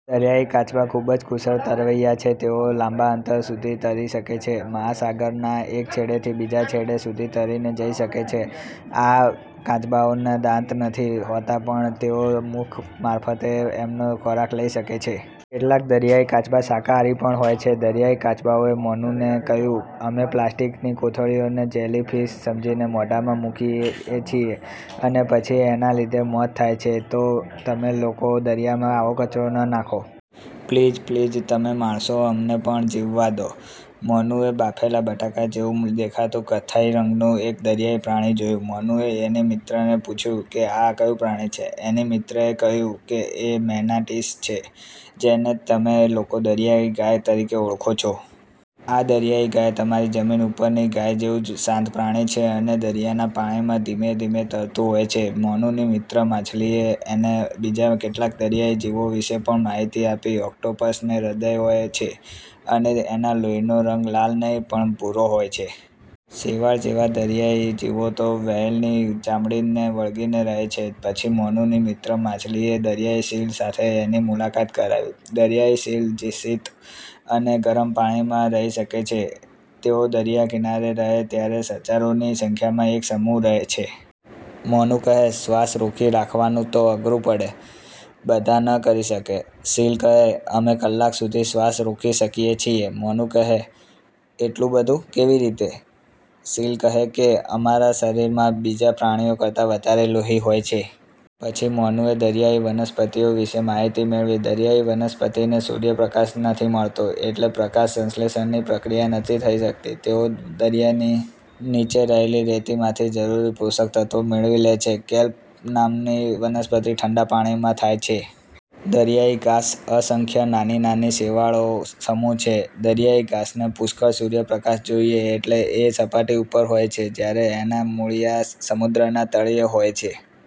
દરિયાઈ કાચબા ખુબ જ કુશળ તરવૈયા છે. તેઓ લાંબા અંતર સુધી તરી શકે છે. મહાસાગરના એક છેડે થી બીજા છેડા સુધી તરીને જઈ શકે છે. આ કાચબાઓને દાંત નથી હોતા પણ તેઓ મુખ મારફતે એમનો ખોરાક લઇ શકે છે. કેટલાક। દરિયાઈ કાચબા શાકાહારી પણ હોય છે! દરિયાઈ કાચબાએ મોનુને કહ્યું, "અમે પ્લાસ્ટીકની કોથળીને જેલી ફીશ સમજીને મોઢામાં મુકીએ છીએ અને પછી એના લીધે મોત થાય છે તો તમે લોકો દરિયામાં આવો કચરો ન નાંખો. પ્લીઝ, પ્લીઝ, તમે માણસો અમને પણ જીવવા દો". મોનુએ બાફેલા બટાકા જેવું દેખાતું કથ્થાઈ રંગનું એક દરિયાઈ પ્રાણી જોયું. મોનુએ એની મિત્રને પૂછ્યું કે આ કયું પ્રાણી છે? એની મિત્રએ કહ્યું કે એ મેનાટીસ છે જેને તમે લોકો દરિયાઈ ગાય તરીકે ઓળખો છો. આ "દરિયાઈ ગાય" તમારી જમીન ઉપરની ગાય જેવું જ શાંત પ્રાણી છે અને દરિયાના પાણીમાં ધીમે ધીમે તરતું હોય છે. મોનુની મિત્ર માછલીએ એને બીજા કેટલાક દરિયાઈ જીવો વિષે પણ માહિતી આપી. ઓક્ટોપસને હૃદય હોય છે અને એના લોહીનો રંગ લાલ નહિ પણ ભૂરો હોય છે! શેવાળ જેવા દરિયાઈ જીવો તો વ્હેલની ચામડીને વળગીને રહે છે! પછી મોનુની મિત્ર માછલીએ દરિયાઈ સીલ સાથે એની મુલાકાત કરાવી. દરિયાઈ સીલ શીત અને ગરમ પાણીમાં રહી શકે છે. તેઓ દરિયા કિનારે રહે ત્યારે હજોરોની સંખ્યામાં એક સમૂહમાં રહે છે. મોનુ કહે, "શ્વાસ રોકી રાખવાનું તો અઘરું પડે. બધા ન કરી શકે". સીલ કહે, "અમે કલાક સુધી શ્વાસ રોકી શકીએ છીએ". મોનુ કહે, "એટલું બધું? કેવી રીતે? ". સીલ કહે કે, "અમારા શરીરમાં બીજા પ્રાણીઓ કરતાં વધારે લોહી હોય છે. પછી મોનુએ દરિયાઈ વનસ્પતિઓ વિષે માહિતી મેળવી. દરિયાઈ વનસ્પતિને સૂર્ય પ્રકાશ નથી મળતો એટલે પ્રકાશ સંશ્લેષણની પ્રક્રિયા નથી થઇ શકતી. તેઓ દરિયાની નીચે રહેલી રેતીમાંથી જરૂરી પોષક તત્વો મેળવી લે છે. કેલ્પ નામની વનસ્પતિ ઠંડા પાણીમાં થાય છે. દરિયાઈ ઘાસ અસંખ્ય નાની નાની શેવાળનો સમૂહ છે. દરિયાઈ ઘાસને પુષ્કળ સૂર્ય પ્રકાશ જોઈએ એટલે એ સપાટી ઉપર હોય છે જયારે એના મૂળિયાં સમુદ્રના તળિયે હોય છે.